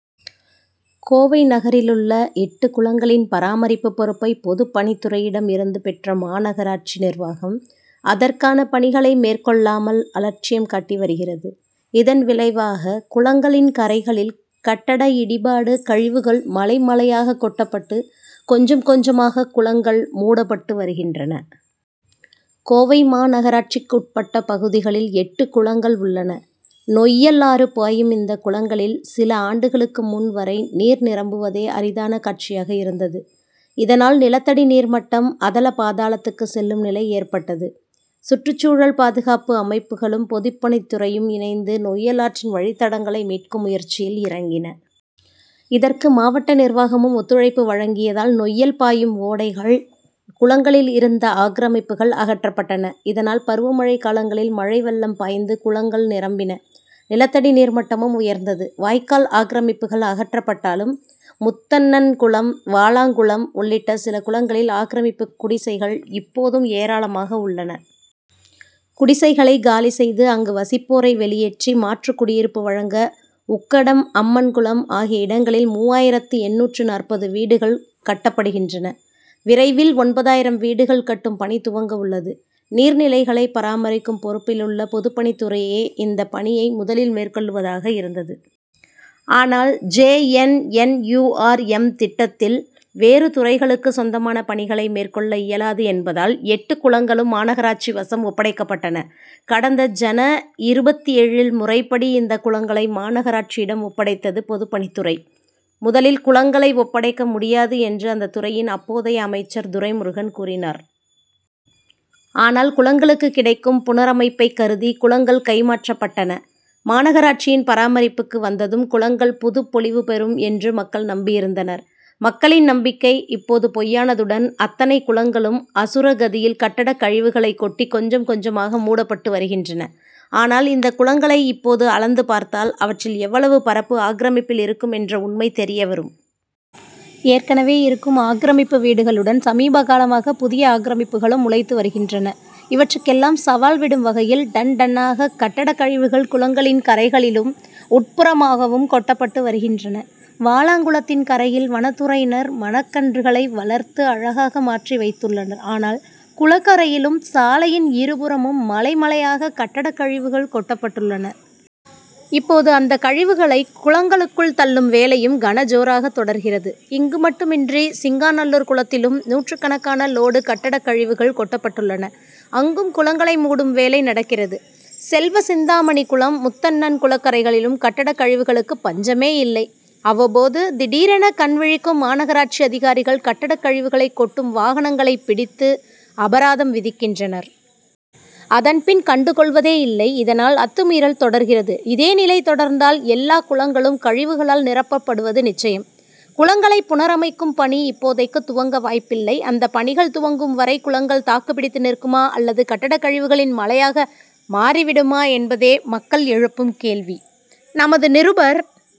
கோவை நகரிலுள்ள எட்டு குளங்களின் பராமரிப்பு பொறுப்பை பொதுப்பணித்துறையிடம் இருந்து பெற்ற மாநகராட்சி நிர்வாகம், அதற் கான பணிகளை மேற்கொள்ளாமல் அலட்சியம் காட்டி வருகிறது. இதன் விளைவாக, குளங்களின் கரைகளில் கட்டட இடிபாடு கழிவுகள் மலை, மலையாக கொட்டப்பட்டு கொஞ்சம், கொஞ்சமாக குளங்கள் மூடப்பட்டு வருகின்றன. கோவை மாநகராட்சிக்குட்பட்ட பகுதிகளில் எட்டு குளங்கள் உள்ளன. நொய்யல் ஆறு பாயும் இந்த குளங்களில், சில ஆண்டுகளுக்கு முன் வரை நீர் நிரம்புவதே அரிதான காட்சியாக இருந்தது. இதனால், நிலத்தடி நீர் மட்டம் அதல பாதாளத்துக்கு செல்லும் நிலை ஏற்பட்டது. சுற்றுச்சூழல் பாதுகாப்பு அமைப்புகளும், பொதுப்பணித்துறையும் இணைந்து நொய்யல் ஆற்றின் வழித்தடங்களை மீட்கும் முயற்சியில் இறங்கின. இதற்கு, மாவட்ட நிர்வாகமும் ஒத்துழைப்பு வழங்கியதால் நொய்யல் பாயும் ஓடைகள், குளங்களில் இருந்த ஆக்ரமிப்புகள் அகற்றப்பட்டன. இதனால், பருவமழை காலங்களில் மழைவெள்ளம் பாய்ந்து குளங்கள் நிரம்பின. நிலத்தடி நீர் மட்டமும் உயர்ந்தது. வாய்க்கால் ஆக்ரமிப்புகள் அகற்றப்பட்டாலும் முத்தண்ணன்குளம், வாலாங்குளம் உள்ளிட்ட சில குளங்களில் ஆக்ரமிப்பு குடிசைகள் இப்போதும் ஏராளமாக உள்ளன. குடிசைகளை காலி செய்து, அங்கு வசிப்போரை வெளியேற்றி மாற்று குடியிருப்பு வழங்க உக்கடம், அம்மன் குளம் ஆகிய இடங்களில் மூவாயிரத்து எண்ணூற்று நாற்பது வீடுகள் கட்டப்படுகின்றன. விரைவில் ஒன்பதாயிரம் வீடுகள் கட்டும் பணி துவங்கவுள்ளது. நீர்நிலைகளை பராமரிக்கும் பொறுப்பிலுள்ள பொதுப்பணித்துறையே, இந்த பணியை முதலில் மேற்கொள்வதாக இருந்தது. ஆனால், J. N. N. U. R. M., திட்டத்தில் வேறு துறைகளுக்கு சொந்தமான பணிகளை மேற்கொள்ள இயலாது என்பதால், எட்டு குளங்களும் மாநகராட்சி வசம் ஒப்படைக்கப்பட்டன. கடந்த ஜன.,இருபத்தேழில் முறைப்படி இந்த குளங்களை மாநகராட்சியிடம் ஒப்படைத்தது பொதுப்பணித்துறை. முதலில் குளங்களை ஒப்படைக்க முடியாது என்று அந்த துறையின் அப்போதைய அமைச்சர் துரைமுருகன் கூறினார். ஆனால், குளங்களுக்குக் கிடைக்கும் புனரமைப்பை கருதி, குளங்கள் கைமாற்றப்பட்டன. மாநகராட்சியின் பராமரிப்புக்கு வந்ததும், குளங்கள் புதுப்பொலிவு பெறும் என்று மக்கள் நம்பியிருந்தனர். மக்களின் நம்பிக்கை இப்போது பொய்யானதுடன், அத்தனை குளங்களும் அசுர கதியில் கட்டடக் கழிவுகளை கொட்டி கொஞ்சம், கொஞ்சமாக மூடப்பட்டு வருகின்றன. ஆனால், இந்த குளங்களை இப்போது அளந்து பார்த்தால், அவற்றில் எவ்வளவு பரப்பு ஆக்கிரமிப்பில் இருக்குமென்ற உண்மை தெரியவரும். ஏற்கனவே, இருக்கும் ஆக்கிரமிப்பு வீடுகளுடன் சமீபகாலமாக புதிய ஆக்கிரமிப்புகளும் முளைத்து வருகின்றன. இவற்றுக்கெல்லாம் சவால் விடும் வகையில் "டன், டன்'னாக கட்டட கழிவுகள் குளங்களின் கரைகளிலும், உட்புறமாகவும் கொட்டப்பட்டு வருகின்றன. வாலாங்குளத்தின் கரையில் வனத்துறையினர் மரக்கன்றுகளை வளர்த்து அழகாக மாற்றி வைத்துள்ளனர். ஆனால், குளக்கரையிலும், சாலையின் இரு புறமும் மலை, மலையாக கட்டடக் கழிவுகள் கொட்டப்பட்டுள்ளன. இப்போது, அந்த கழிவுகளை குளங்களுக்குள் தள்ளும் வேலையும் கனஜோராக தொடர்கிறது. இங்கு மட்டுமின்றி, சிங்காநல்லூர் குளத்திலும் நூற்றுக்கணக்கான லோடு கட்டடக் கழிவுகள் கொட்டப்பட்டுள்ளன. அங்கும், குளங்களை மூடும் வேலை நடக்கிறது. செல்வசிந்தாமணி குளம், முத்தண்ணன் குளக்கரைகளிலும் கட்டடக் கழிவுகளுக்கு பஞ்சமேயில்லை. அவ்வப்போது, திடீரென கண் விழிக்கும் மாநகராட்சி அதிகாரிகள், கட்டடக் கழிவுகளை கொட்டும் வாகனங்களை பிடித்து அபராதம் விதிக்கின்றனர். அதன்பின், கண்டுகொள்வதே இல்லை. இதனால், அத்துமீறல் தொடர்கிறது. இதே நிலை தொடர்ந்தால், எல்லா குளங்களும் கழிவுகளால் நிரப்பப்படுவது நிச்சயம். குளங்களைப் புனரமைக்கும் பணி, இப்போதைக்கு துவங்க வாய்ப்பில்லை. அந்த பணிகள் துவங்கும் வரை குளங்கள் தாக்குப்பிடித்து நிற்குமா அல்லது கட்டட கழிவுகளின் மலையாக மாறிவிடுமா என்பதே மக்கள் எழுப்பும் கேள்வி. நமது நிருபர்